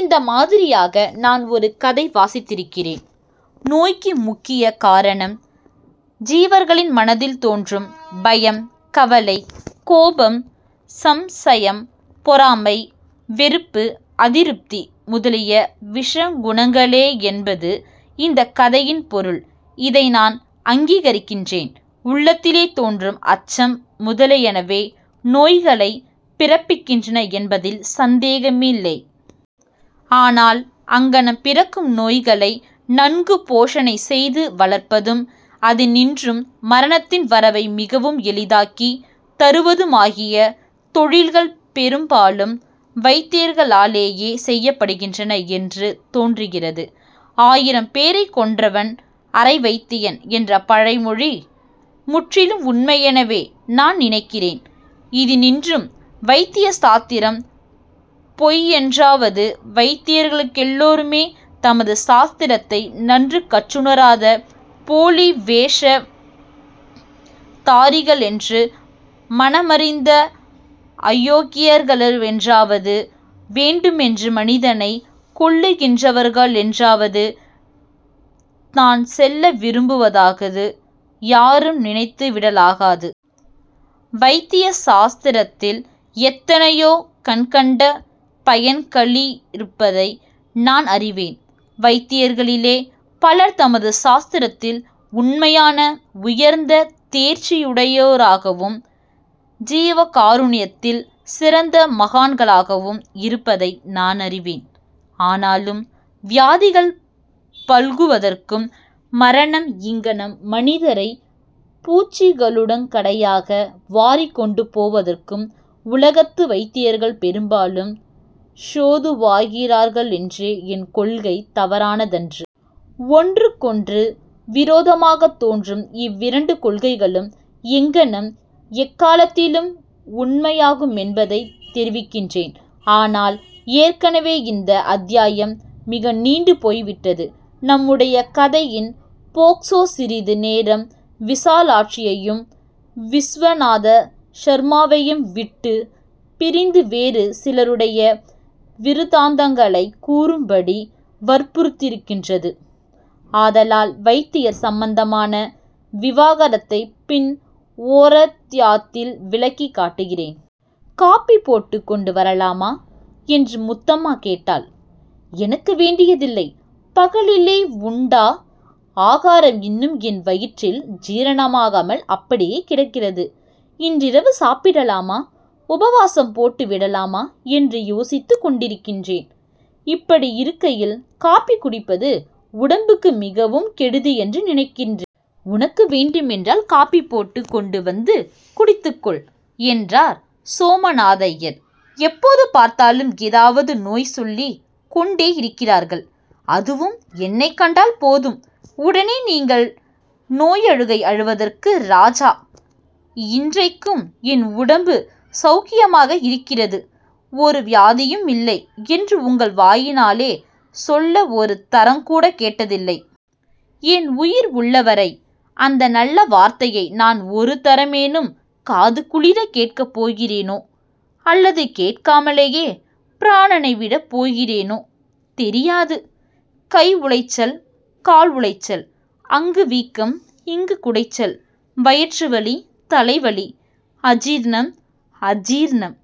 இந்த மாதிரியாக நான் ஒரு கதை வாசித்திருக்கிறேன். நோய்க்கு முக்கிய காரணம் ஜீவர்களின் மனதில் தோன்றும் பயம், கவலை, கோபம், சம்சயம், பொறாமை, வெறுப்பு, அதிருப்தி முதலிய விஷகுணங்களேஎன்பது இந்தக் கதையின் பொருள். இதை நான் அங்கீகரிக்கின்றேன். உள்ளத்திலே தோன்றும் அச்சம் முதலியனவே நோய்களைப் பிறப்பிக்கின்றன என்பதில் சந்தேகமில்லை. ஆனால் அங்ஙனம் பிறக்கும் நோய்களை நன்கு போஷணை செய்து வளர்ப்பதும், அதினின்றும் மரணத்தின் வரவை மிகவும் எளிதாக்கித் தருவதுமாகிய தொழில்கள் பெரும்பாலும் வைத்தியர்களாலேயே செய்யப்படுகின்றன என்று தோன்றுகிறது. ஆயிரம் பேரைக் கொன்றவன் அரை வைத்தியன் என்ற பழமொழி முற்றிலும் உண்மையெனவே நான் நினைக்கிறேன். இதினின்றும் வைத்திய சாஸ்திரம் பொய்யென்றாவது, வைத்தியர்களெல்லாருமே தமது சாஸ்த்திரத்தை நன்று கற்றுணராத போலி வேஷதாரிகளென்று மனமறிந்த அயோக்யர்-களென்றாவது, வேண்டுமென்று மனிதனைக் கொல்லுகிறார்களென்றாவது நான் செல்ல விரும்புவதாக யாரும் நினைத்து விடலாகாது. வைத்திய சாஸ்திரத்தில் எத்தனையோ கண்கண்ட பயன்களிருப்பதை நான் அறிவேன். வைத்தியர்களிலே பலர் தமது சாஸ்திரத்தில் உண்மையான உயர்ந்த தேர்ச்சியுடையோராகவும் ஜீவகாருண்யத்தில் சிறந்த மகான்களாகவும் இருப்பதை நான் அறிவேன். ஆனாலும், வியாதிகள் பல்குவதற்கும், மரணம் இங்ஙனம் மனிதரைப் பூச்சிகளிலுங் கடையாக வாரிக்கொண்டு போவதற்கும் உலகத்து வைத்தியர்கள் பெரும்பாலும் ஹேதுவாகிறார்களென்ற என் கொள்கை தவறானதன்று. ஒன்றுக்கொன்று விரோதமாகத் தோன்றும் இவ்விரண்டு கொள்கைகளும் எங்ஙனம் ஏக்காலத்தில் உண்மையாகுமென்பதைத் தெரிவிக்கின்றேன். ஆனால், ஏற்கனவே இந்த அத்தியாயம் மிக நீண்டு போய்விட்டது. நம்முடைய கதையின் போக்சோ சிறிது நேரம் விசாலாட்சியையும் விசுவநாத சர்மாவையும் விட்டுப் பிரிந்து வேறு சிலருடைய விருத்தாந்தங்களைக் கூறும்படி வற்புறுத்துகின்றது. ஆதலால் வைத்தியர் சம்பந்தமான விவகாரத்தைப் பின் ஓரத்யாத்தில் விளக்கி காட்டுகிறேன். ''காபி போட்டுக் கொண்டு வரலாமா? '' என்று முத்தம்மா கேட்டாள். ''எனக்கு வேண்டியதில்லை. பகலிலே உண்ட ஆகாரம் இன்னும் என் வயிற்றில் ஜீரணமாகாமல் அப்படியே கிடக்கிறது. இன்றிரவு சாப்பிடலாமா, உபவாசம் போட்டு விடலாமா என்று யோசித்துக் கொண்டிருக்கிறேன். இப்படியிருக்கையில் காபி குடிப்பது உடம்புக்கு மிகவும் கெடுதியென்று நினைக்கின்றே. உனக்கு வேண்டுமென்றல் காபி போட்டுக் கொண்டு வந்து குடித்துக் கொள்'' என்றார் சோமநாதய்யர். ''எப்போது பார்த்தாலும் ஏதாவது நோய் சொல்லிக் கொண்டேயிருக்கிறீர்கள். அதுவும் என்னைக் கண்டால் போதும், உடனே நீங்கள் நோயழுகை அழுவதற்கு ராஜா. 'இன்றைக்கும் என் உடம்பு ஸௌக்யமாக இருக்கிறது. ஒரு வியாதியுமில்லை' என்று உங்கள் வாயினாலே சொல்ல ஒரு தரங்கூடக் கேட்டதில்லை. என் உயிர் உள்ளவரை அந்த நல்ல வார்த்தையை நான் ஒரு தரமேனும் காது குளிரக் கேட்கப் போகிறேனோ, அல்லது கேட்காமலே பிராணனை விடப் போகிறோனோ, தெரியாது. கை உளைச்சல், கால் உளைச்சல், அங்கு வீக்கம், இங்கு குடைச்சல், வயிற்றுவலி, தலைவலி, அஜீர்ணம், அஜீர்ணம்,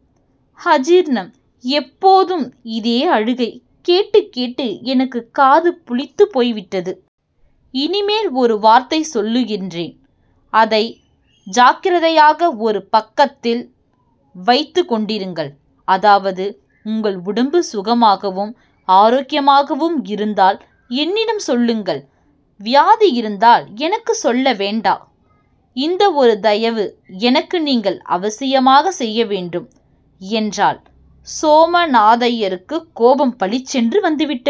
அஜீர்ணம்-எப்போதும் இதே அழுகை கேட்டுக் கேட்டு எனக்குக் காது புளித்துப் போய்விட்டது. இனிமேல் ஒரு வார்த்தை சொல்லுகின்றேன். அதை ஜாக்கிரதையாக ஒரு பக்கத்தில் வைத்துக் கொண்டிருங்கள். அதாவது, உங்கள் உடம்பு சுகமாகவும் ஆரோக்கியமாகவும் இருந்தால் என்னிடம் சொல்லுங்கள். வியாதியிருந்தால் எனக்குச் சொல்ல வேண்டா. இந்த ஒரு தயவு எனக்கு நீங்கள் அவசியமாகச் செய்யவேண்டும்'' என்றாள். சோமநாதய்யருக்குக் கோபம் பளிச்சென்று வந்துவிட்டது.